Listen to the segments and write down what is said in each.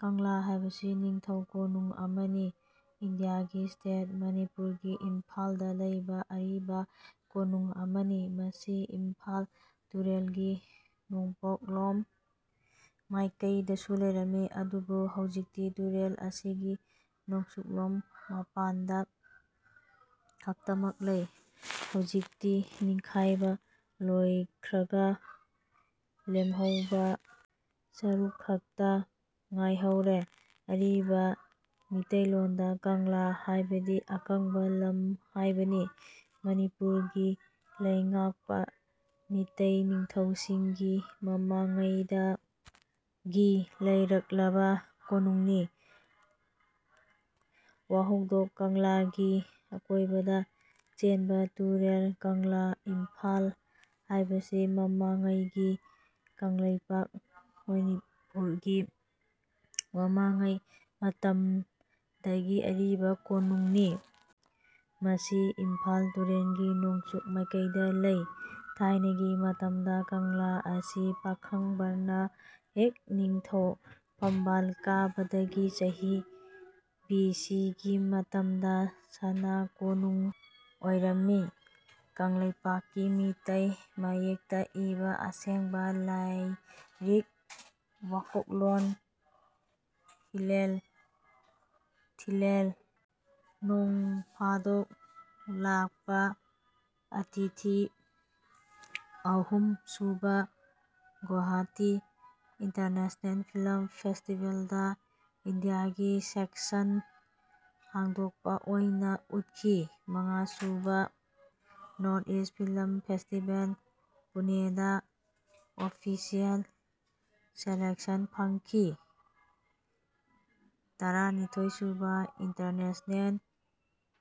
ꯀꯪꯂꯥ ꯍꯥꯏꯕꯁꯤ ꯅꯤꯡꯊꯧ ꯀꯣꯅꯨꯡ ꯑꯃꯅꯤ꯫ ꯏꯟꯗꯤꯌꯥꯒꯤ ꯁ꯭ꯇꯦꯠ ꯃꯅꯤꯄꯨꯔꯒꯤ ꯏꯝꯐꯥꯜꯗ ꯂꯩꯕ ꯑꯔꯤꯕꯥ ꯀꯣꯅꯨꯡ ꯑꯃꯅꯤ꯫ ꯃꯁꯤ ꯏꯝꯐꯥꯜ ꯇꯨꯔꯦꯜꯒꯤ ꯅꯣꯡꯄꯣꯛꯂꯣꯝ ꯃꯥꯏꯀꯩꯗꯁꯨ ꯅꯣꯡꯆꯨꯞꯂꯣꯝ ꯃꯥꯏꯀꯩꯗꯁꯨ ꯂꯩꯔꯝꯃꯤ꯫ ꯑꯗꯨꯕꯨ ꯍꯧꯖꯤꯛꯇꯤ ꯇꯨꯔꯦꯜ ꯑꯁꯤꯒꯤ ꯅꯣꯡꯆꯨꯞꯂꯣꯝ ꯃꯄꯥꯟꯗ ꯈꯛꯇꯃꯛ ꯂꯩ꯫ ꯍꯧꯖꯤꯛꯇꯤ ꯅꯤꯡꯈꯥꯏꯕ ꯂꯣꯏꯈ꯭ꯔꯒ ꯂꯦꯝꯍꯧꯕ ꯁꯔꯨꯛ ꯈꯛꯇ ꯉꯥꯏꯍꯧꯔꯦ꯫ ꯑꯔꯤꯕ ꯃꯤꯇꯩꯂꯣꯟꯗ ꯀꯪꯂꯥ ꯍꯥꯏꯕꯗꯤ ꯑꯀꯪꯕ ꯂꯝ ꯍꯥꯢꯕꯅꯤ꯫ ꯃꯅꯤꯄꯨꯔꯒꯤ ꯂꯩꯉꯥꯛꯄ ꯃꯤꯇꯩ ꯅꯤꯡꯊꯧꯁꯤꯡꯒꯤ ꯃꯃꯥꯡꯉꯩꯗꯒꯤ ꯂꯩꯔꯛꯂꯕ ꯀꯣꯅꯨꯡꯅꯤ꯫ ꯋꯥꯍꯧꯗꯣꯛ ꯀꯪꯂꯥꯒꯤ ꯑꯀꯣꯢꯕꯗ ꯆꯦꯟꯕ ꯇꯨꯔꯦꯜ ꯀꯪꯂꯥ(ꯏꯝꯐꯥꯜ) ꯍꯥꯏꯕꯁꯤ ꯃꯃꯥꯡꯉꯩ ꯒꯤ ꯀꯪꯂꯩꯄꯥꯛ(ꯃꯅꯤꯄꯨꯔ) ꯒꯤ ꯃꯃꯥꯡꯉꯩ ꯃꯇꯝꯗꯒꯤ ꯑꯔꯤꯕ ꯀꯣꯅꯨꯡ ꯅꯤ꯫ ꯃꯁꯤ ꯏꯝꯐꯥꯜ ꯇꯨꯔꯦꯜꯒꯤ ꯅꯣꯡꯆꯨꯞ ꯃꯥꯏꯀꯩꯗ ꯂꯩ꯫ ꯊꯥꯏꯅꯒꯤ ꯃꯇꯝꯗ 'ꯀꯪꯂꯥ' ꯑꯁꯤ ꯄꯥꯈꯪꯕꯅ ꯍꯦꯛ ꯅꯤꯡꯊꯧ ꯐꯝꯕꯥꯜ ꯀꯥꯕꯗꯒꯤ ꯆꯍꯤ ꯕꯤ ꯁꯤ ꯒꯤ ꯃꯇꯝꯗ ꯁꯅꯥ ꯀꯣꯅꯨꯡ ꯑꯣꯏꯔꯝꯃꯤ꯫ ꯀꯪꯂꯩꯄꯥꯛ ꯀꯤ ꯃꯤꯇꯩ ꯃꯌꯦꯛꯇ ꯏꯕ ꯑꯁꯦꯡꯕ ꯂꯥꯏꯂꯤꯛ ꯋꯥꯀꯣꯛꯂꯣꯟ ꯍꯤꯂꯦꯜ ꯊꯤꯂꯦꯜ 'ꯅꯣꯡꯐꯥꯗꯣꯛ ꯂꯥꯛꯄ ꯑꯇꯤꯊꯤ' ꯑꯍꯨꯝ ꯁꯨꯕ ꯒꯨꯋꯥꯍꯥꯇꯤ ꯏꯟꯇꯔꯅꯦꯁꯅꯦꯜ ꯐꯤꯜꯝ ꯐꯦꯁꯇꯤꯚꯦꯜꯗ ꯏꯟꯗꯤꯌꯥꯒꯤ ꯁꯦꯛꯁꯟ ꯍꯥꯡꯗꯣꯛꯄ ꯑꯣꯏꯅ ꯎꯠꯈꯤ꯫ ꯃꯉꯥ ꯁꯨꯕ ꯅꯣꯔ꯭ꯊ-ꯏꯁ꯭ꯇ ꯐꯤꯜꯝ ꯐꯦꯁꯇꯤꯚꯦꯜ ꯄꯨꯅꯦꯗ ꯑꯣꯐꯤꯁꯤꯌꯦꯜ ꯁꯦꯂꯦꯛꯁꯟ ꯐꯪꯈꯤ꯫ ꯇꯔꯥꯅꯤꯊꯣꯏ ꯁꯨꯕ ꯏꯟꯇꯔꯅꯦꯁꯅꯦꯜ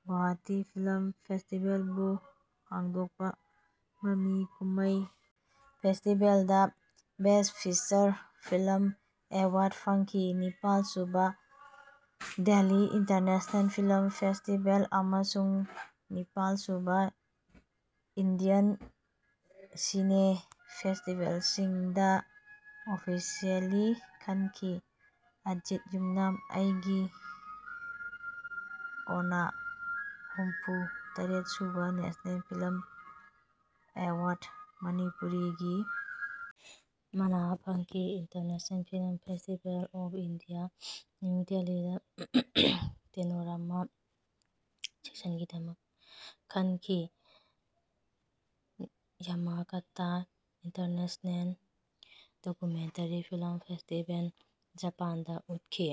ꯒꯨꯋꯥꯍꯥꯇꯤ ꯐꯤꯜꯝ ꯐꯦꯁꯇꯤꯚꯦꯜ ꯕꯨ ꯍꯥꯡꯗꯣꯛꯄ ꯃꯃꯤ ꯀꯨꯃꯃꯩ ꯐꯦꯁꯇꯤꯚꯦꯜꯗ ꯕꯦꯁ꯭ꯇ ꯐꯤꯆꯔ ꯐꯤꯜꯝ ꯑꯦꯋꯥꯔ꯭ꯗ ꯐꯪꯈꯤ꯫ ꯅꯤꯄꯥꯜ ꯁꯨꯕ ꯗꯦꯜꯍꯤ ꯏꯟꯇꯔꯅꯦꯁꯅꯦꯜ ꯐꯤꯜꯝ ꯐꯦꯁꯇꯤꯚꯦꯜ ꯑꯃꯁꯨꯡ ꯅꯤꯄꯥꯜ ꯁꯨꯕ ꯏꯟꯗꯤꯌꯟ ꯁꯤꯅꯦ ꯐꯦꯁꯇꯤꯚꯦꯜ ꯁꯤꯡꯗ ꯑꯣꯐꯤꯁꯤꯌꯦꯜꯂꯤ ꯈꯟꯈꯤ꯫ ꯑꯖꯤꯠ ꯌꯨꯝꯅꯥꯝ 'ꯑꯩꯒꯤ ꯀꯣꯟꯅ' ꯍꯨꯝꯐꯨ - ꯇꯔꯦꯠ ꯁꯨꯕ ꯅꯦꯁꯅꯦꯜ ꯐꯤꯜꯝ ꯑꯦꯋꯥꯔ꯭ꯗ꯭ꯁꯇ ꯃꯅꯤꯄꯨꯔꯤꯒꯤ ꯃꯅꯥ ꯐꯪꯈꯤ꯫ International film festival of India, new ꯗꯦꯜꯍꯤꯗ ꯄꯦꯅꯣꯔꯥꯃꯥ ꯁꯦꯛꯁꯟꯒꯤꯗꯃꯛ ꯈꯟꯈꯤ꯫ ꯌꯥꯃꯥꯒꯥꯇꯥ ꯏꯟꯇꯔꯅꯦꯁꯅꯦꯜ ꯗꯣꯛ꯭ꯌꯨꯃꯦꯟꯇꯔꯤ ꯐꯤꯜ꯭ꯃ ꯐꯦꯁꯇꯤꯚꯦꯜ, ꯖꯥꯄꯥꯟꯗ ꯎꯠꯈꯤ꯫